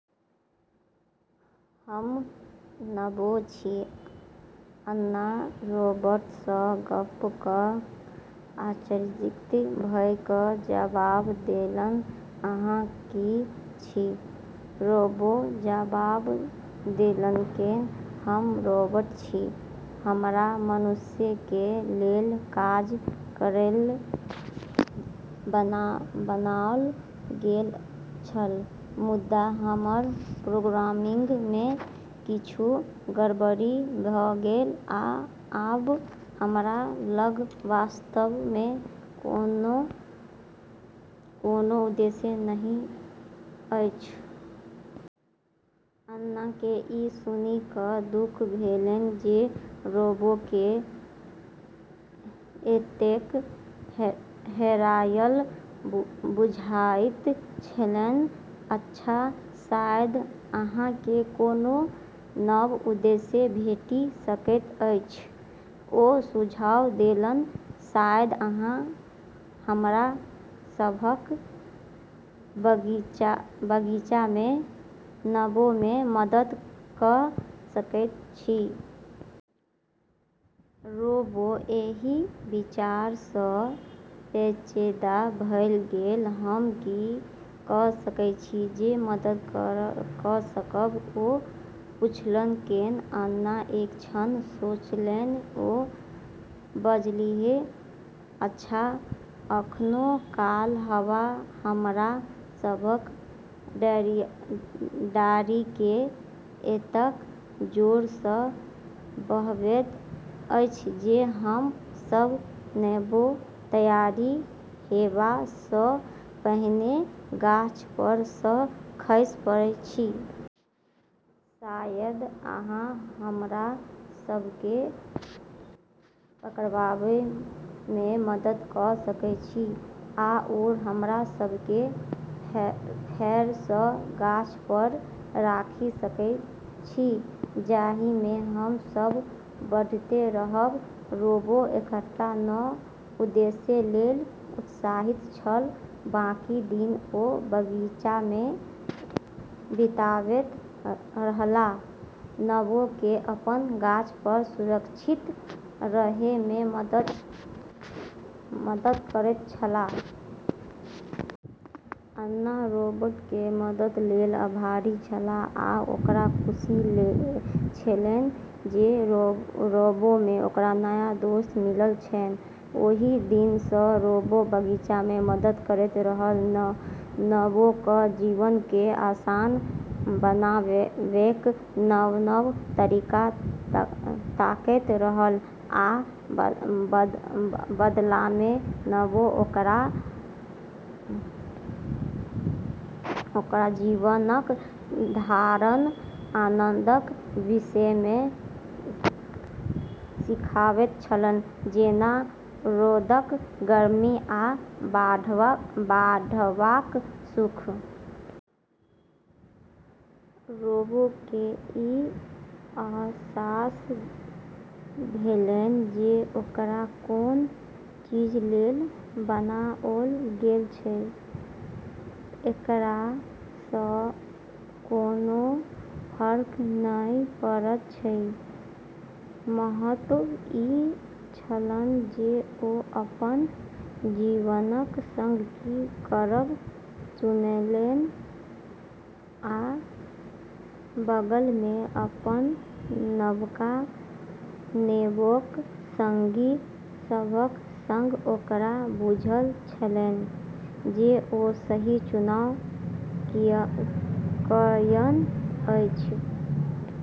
"हम नेबो छी" अन्ना रोबोटसँ गप्प कऽ कऽ आश्चर्यचकित भऽ कऽ जबाब देलैन। "अहाँ की छी? " रोबो जबाब देलकैन, "हम रोबोट छी।" "हमरा मनुष्यकेँ लेल काज करैलेल बनाओल गेल छल, मुदा हमर प्रोग्रामिंगमे किछु गड़बड़ी भऽ गेल, आ आब हमरा लग वास्तवमे कोनो उद्देश्य नहि अछि।" अन्नाकेँ ई सुनि कऽ दुख भेलैन जे रोबोकेँ एतेक हेरायल बुझाइत छलैन। "अच्छा, शायद अहाँकेँ कोनो नव उद्देश्य भेटि सकैत अछि" ओ सुझाव देलैन। "शायद अहाँ हमरा सभक बगीचामे नेबोमे मदद कऽ सकैत छी।" रोबो एहि विचारसँ पेचीदा भऽ गेल। "हम की कऽ सकैत छी जे मदद कऽ सकब? " ओ पुछलकैन। अन्ना एक क्षण सोचलैन। ओ बजलीह, "अच्छा, कखनो काल हवा हमरा सभक डारिकेँ एतेक जोरसँ बहबैत अछि जे हम सभ नेबो तैयार हेबासँ पहिने गाछपरसँ खसि पड़ैत छी।" "शायद अहाँ हमरा सभकेँ पकड़बामे मदद कऽ सकैत छी आओर हमरा सभकेँ फेरसँ गाछपर राखि सकैत छी जाहिमे हम सभ बढ़ैत रहब।" रोबो एकटा नव उद्देश्यलेल उत्साहित छल। बाकी दिन ओ बगीचामे बिताबैत रहलाह, नेबोकेँ अपन गाछपर सुरक्षित रहैमे मदद करैत छलाह। अन्ना रोबोटकेँ मददलेल आभारी छलीह, आ ओकरा खुशी छलैन जे रोबोमे ओकरा नया दोस्त मिलल छैन। ओहि दिनसँ रोबो बगीचामे मदद करैत रहल, नेबोक जीवनकेँ आसान बनाबैक नव-नव तरीका ताकैत रहल। आ बदलामे नेबो ओकरा जीवनक साधारण आनंदक विषयमे सिखबैत छलैन, जेना रौदक गर्मी आ बढ़बाक सुख। रोबोकेँ ई अहसास भेलैन जे ओकरा कोन चीजलेल बनाओल गेल छै, एकरासँ कोनो फर्क नहि पड़ैत छै महत्व ई छलैन जे ओ अपन जीवनक संग की करब चुनलैन। आ बगलमे अपन नवका नेबोक संगी सभक संग ओकरा बुझल छलैन जे ओ सही चुनाव कएने अछि।